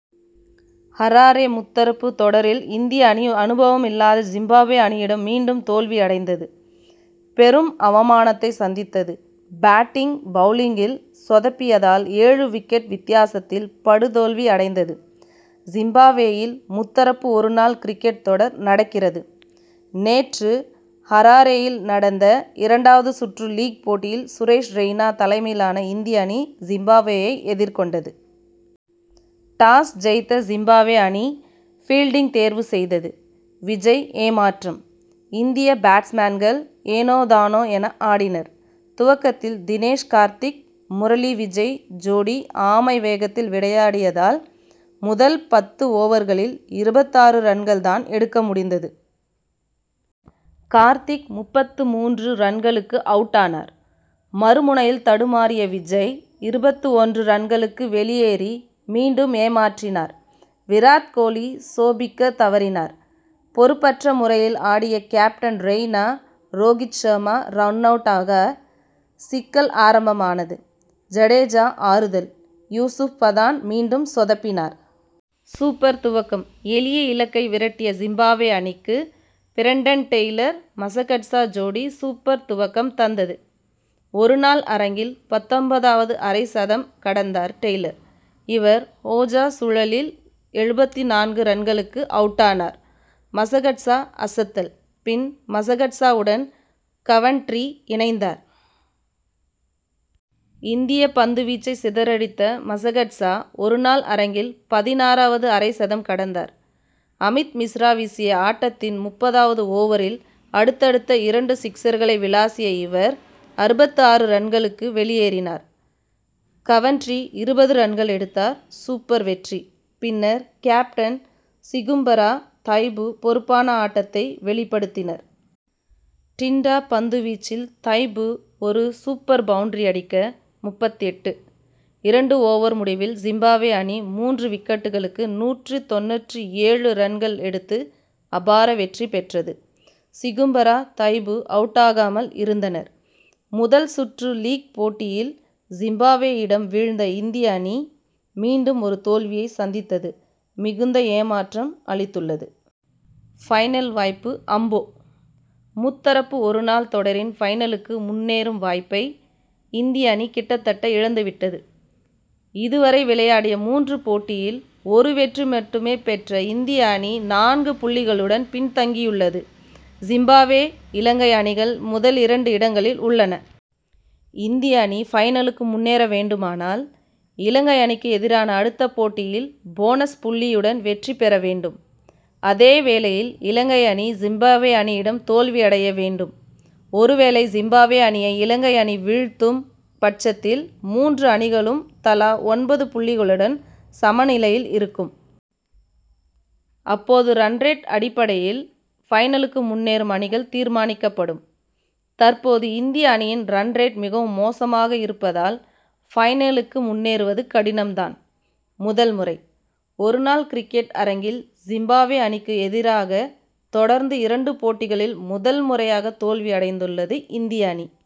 Harare முத்தரப்பு தொடரில் இந்திய அணி அனுபவம்இல்லாத ஜிம்பாப்வே அணியிடம் மீண்டும் தோல்வி அடைந்து, பெரும் அவமானத்தை சந்தித்தது. பேட்டிங், பவுலிங்கில் சொதப்பியதால் ஏழு விக்கெட் வித்தியாசத்தில் படுதோல்வி அடைந்தது. ஜிம்பாப்வேயில் முத்தரப்பு ஒரு நாள் கிரிக்கெட் தொடர் நடக்கிறது. நேற்று ஹராரேயில் நடந்த இரண்டாவது சுற்று லீக் போட்டியில் சுரேஷ் ரெய்னா தலைமையிலான இந்திய அணி, ஜிம்பாப்வேயை எதிர்கொண்டது. டாஸ்' ஜெயித்த ஜிம்பாப்வே அணி, பீல்டிங் தேர்வு செய்தது. விஜய் ஏமாற்றம்: இந்திய பேட்ஸ் மேன்கள் ஏனோதானோ என ஆடினர். துவக்கத்தில் தினேஷ் கார்த்திக், முரளி விஜய் ஜோடி ஆமை வேகத்தில் விளையாடியதால், முதல் பத்து ஓவர்களில் இருபத்து ஆறு ரன்கள் தான் எடுக்க முடிந்தது. கார்த்திக் முப்பத்து மூன்று ரன்களுக்கு அவுட்டானார். மறுமுனையில் தடுமாறிய விஜய், இருபத்து ஒன்று ரன்களுக்கு வெளியேறி, மீண்டும் ஏமாற்றினார். விராத் கோஹ்லி சோபிக்க தவறினார். பொறுப்பற்ற முறையில் ஆடிய கேப்டன் ரெய்னா, ரோகித் சர்மா ரன்-அவுட்டாக, சிக்கல் ஆரம்பமானது. ஜடேஜா ஆறுதல்: யூசுப் பதான், மீண்டும் சொதப்பினார். சூப்பர் துவக்கம்: எளிய இலக்கை விரட்டிய ஜிம்பாப்வே அணிக்கு, பிரண்டன் டெய்லர், மசகட்சா ஜோடி சூப்பர் துவக்கம் தந்தது. ஒரு நாள் அரங்கில் பத்தொன்பதாவது அரை சதம் கடந்தார் டெய்லர். இவர், ஓஜா சுழலில் எழுபத்து நான்கு ரன்களுக்கு அவுட்டானார். மசகட்சா அசத்தல்: பின் மசகட்சாவுடன், கவன்ட்ரி இணைந்தார். இந்திய பந்துவீச்சை சிதறடித்த மசகட்சா, ஒரு நாள் அரங்கில் பதினாறாவது அரை சதம் கடந்தார். அமித் மிஸ்ரா வீசிய ஆட்டத்தின் முப்பதாவது ஓவரில் அடுத்தடுத்து இரண்டு சிக்சர்களை விளாசிய இவர், அறுபத்து ஆறு ரன்களுக்கு வெளியேறினார். கவன்ட்ரி இருபது ரன்கள் எடுத்தார். சூப்பர் வெற்றி: பின்னர் கேப்டன் சிகும்பரா, தைபு பொறுப்பான ஆட்டத்தை வெளிப்படுத்தினர். டின்டா பந்து வீச்சில் தைபு ஒரு சூப்பர் பவுண்டரி அடிக்க, முப்பத்தெட்டு. இரண்டு ஓவர் முடிவில் ஜிம்பாப்வே அணி மூன்று விக்கெட்டுக்கு நூற்று தொண்ணூற்று ஏழு ரன்கள் எடுத்து அபார வெற்றி பெற்றது. சிகும்பரா, தைபு அவுட்டாகாமல் இருந்தனர். முதல் சுற்று லீக் போட்டியில் ஜிம்பாப்வேயிடம் வீழ்ந்த இந்திய அணி, மீண்டும் ஒரு தோல்வியை சந்தித்தது மிகுந்த ஏமாற்றம் அளித்து உள்ளது. பைனல் வாய்ப்பு அம்போ? முத்தரப்பு ஒருநாள் தொடரின் பைனலுக்கு முன்னேறும் வாய்ப்பை, இந்திய அணி கிட்டத்தட்ட இழந்து விட்டது. இதுவரை விளையாடிய மூன்று போட்டியில், ஒரு வெற்றி மட்டுமே பெற்ற இந்திய அணி நான்கு புள்ளிகளுடன் பின்தங்கியுள்ளது. ஜிம்பாப்வே, இலங்கை அணிகள் முதலிரண்டு இடங்களில் உள்ளன. இந்திய அணி பைனலுக்கு முன்னேற வேண்டுமானால், இலங்கை அணிக்கு எதிரான அடுத்த போட்டியில் போனஸ்' புள்ளியுடன் வெற்றி பெற வேண்டும். அதேவேளையில் இலங்கை அணி, ஜிம்பாப்வே அணியிடம் தோல்வியடைய வேண்டும். ஒருவேளை ஜிம்பாப்வே அணியை, இலங்கை அணி வீழ்த்தும் பட்சத்தில், மூன்று அணிகளும் தலா ஒன்பது புள்ளிகளுடன் சமநிலையில் இருக்கும். அப்போது ரன் ரேட் அடிப்படையில் பைனலுக்கு முன்னேறும் அணிகள் தீர்மானிக்கப்படும். தற்போது இந்திய அணியின் ரன் ரேட் மிகவும் மோசமாக இருப்பதால், பைனலுக்கு முன்னேறுவது கடினம் தான். முதல் முறை: ஒரு நாள் கிரிக்கெட் அரங்கில் ஜிம்பாப்வே அணிக்கு எதிராக தொடர்ந்து இரண்டு போட்டிகளில் முதல் முறையாக தோல்வி அடைந்துள்ளது இந்திய அணி.